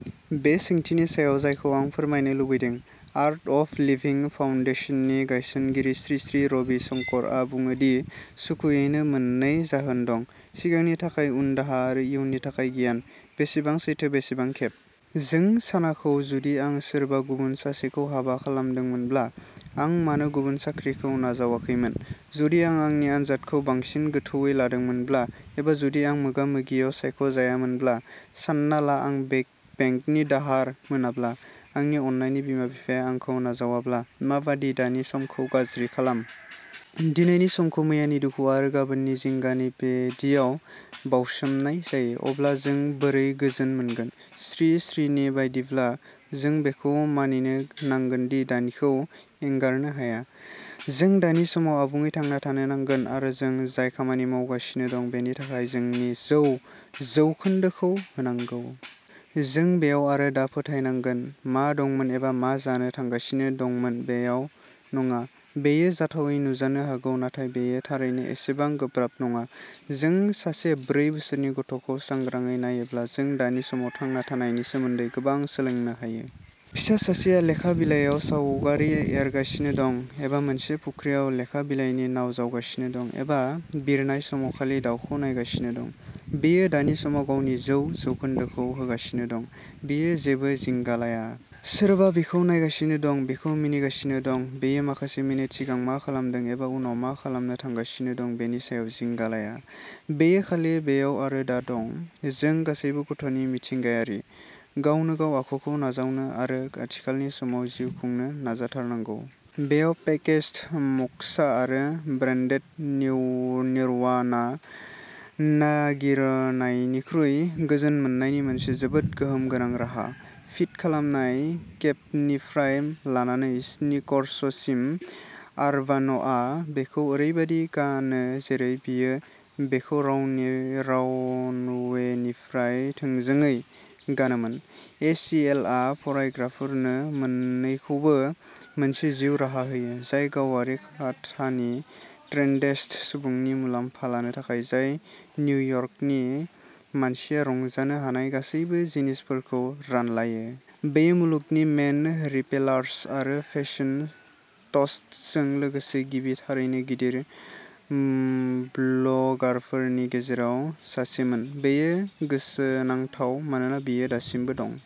बे सोंथिनि सायाव जायखौ आं फोरमायनो लुबैदों। आर्ट अफ लिभिं फाउन्डेशननि गायसनगिरि श्री श्री रबि शंकरआ बुङो दि सुखुयैनि मोननै जाहोन दं। सिगांनि थाखाय उनदाहा आरो इयुननि थाखाय गिनाय। बेसेबां सैथो, बेसेबां खेब जों सानाखौ जुदि आं सोरबा गुबुन सासेखौ हाबा खालामदोंमोनब्ला, आं मानो गुबुन साख्रिखौ नाजावाखैमोन, जुदि आं आंनि आनजादखौ बांसिन गोथौवै लादोंमोनब्ला एबा जुदि आं मोगा-मोगियाव सायख'जायामोनब्ला, सान्ना ला आं बेक बेंकनि दाहार मोनाब्ला, आंनि अननायनि बिमा-बिफाया आंखौ नाजावाब्ला मा बादि दानि समखौ गाज्रि खालाम। दिनैनि समखौ मैयानि दुखु आरो गाबोननि जिंगानि बेदियाव बावसोमनाय जायो। अब्ला जों बोरै गोजोन मोनगोन? श्री श्रीनि बायदिब्ला जों बेखौ मानिनो नांगोन दि दानिखौ एंगारनो हाया। जों दानि समाव आबुङै थांना थानो नांगोन आरो जों जाय खामानि मावगासिनो दं बिनि थाखाय जोंनि जौ जौखोन्दोखौ होनांगौ। जों बेयाव आरो दा फोथायनांगोन मा दंमोन एबा मा जानो थांगासिनो दंमोन बेयाव नङा। बेयो जाथावै नुजानो हागौ नाथाय बेयो थारैनो एसेबां गोब्राब नङा। जों सासे ब्रै बोसोरनि गथ'खौ सांग्राङै नायोब्ला जों दानि समाव थांना थानायनि सोमोन्दै गोबां सोलोंनो हायो। फिसा सासेआ लेखा बिलाइयाव सावगारि एरगासिनो दं, एबा मोनसे फुख्रियाव लेखा बिलाइनि नाव जावगासिनो दं एबा बिरनाय समाव खालि दाउखौ नायगासिनो दं। बियो दानि समाव गावनि जौ जौखोन्दोखौ होगासिनो दं। बियो जेबो जिंगा लाया। सोरबा बिखौ नायगासिनो दं बिखौ मिनिगासिनो दं, बियो माखासे मिनिट सिगां मा खालामदों एबा उनाव मा खालामनो थांगासिनो दं बेनि सायाव जिंगा लाया। बियो खालि बेयाव आरो दा दं। जों गासैबो गथ'नि मिथिंगायारि, गावनोगाव आखुखौ नाजावनो आरो आथिखालनि समाव जिउ खुंनो नाजाथारनांगौ। बेयो पेकेज्ड मक्सा आरो ब्रान्डेड निव निर्वाणा नागिरनायनिख्रुइ गोजोन मोन्नायनि मोनसे जोबोद गोहोम गोनां राहा। फिट खालामनाय केपनिफ्राय लानानै स्नीकर्ससिम, आर्बान'आ बेखौ ओरैबायदि गानो जेरै बियो बेखौ रौनवे रानवेनिफ्राय थोंजोङै गानोमोन। ए. सि. एल. आ फरायग्राफोरनो मोन्नैखौबो मोनसे जिउ राहा होयो, जाय गावारि खाथानि ट्रेन्डेस्ट सुबुंनि मुलाम्फा लानो थाखाय, जाय निउयर्कनि मानसिया रंजानो हानाय गासैबो जिनिसफोरखौ रानलायो। बेयो मुलुगनि मेन रिपेलार्स आरो फेसन टस्टजों लोगोसे गिबि थारैनो गिदिर ब्लगारफोरनि गेजेराव सासेमोन। बेयो गोसोनांथाव मानोना बियो दासिमबो दं।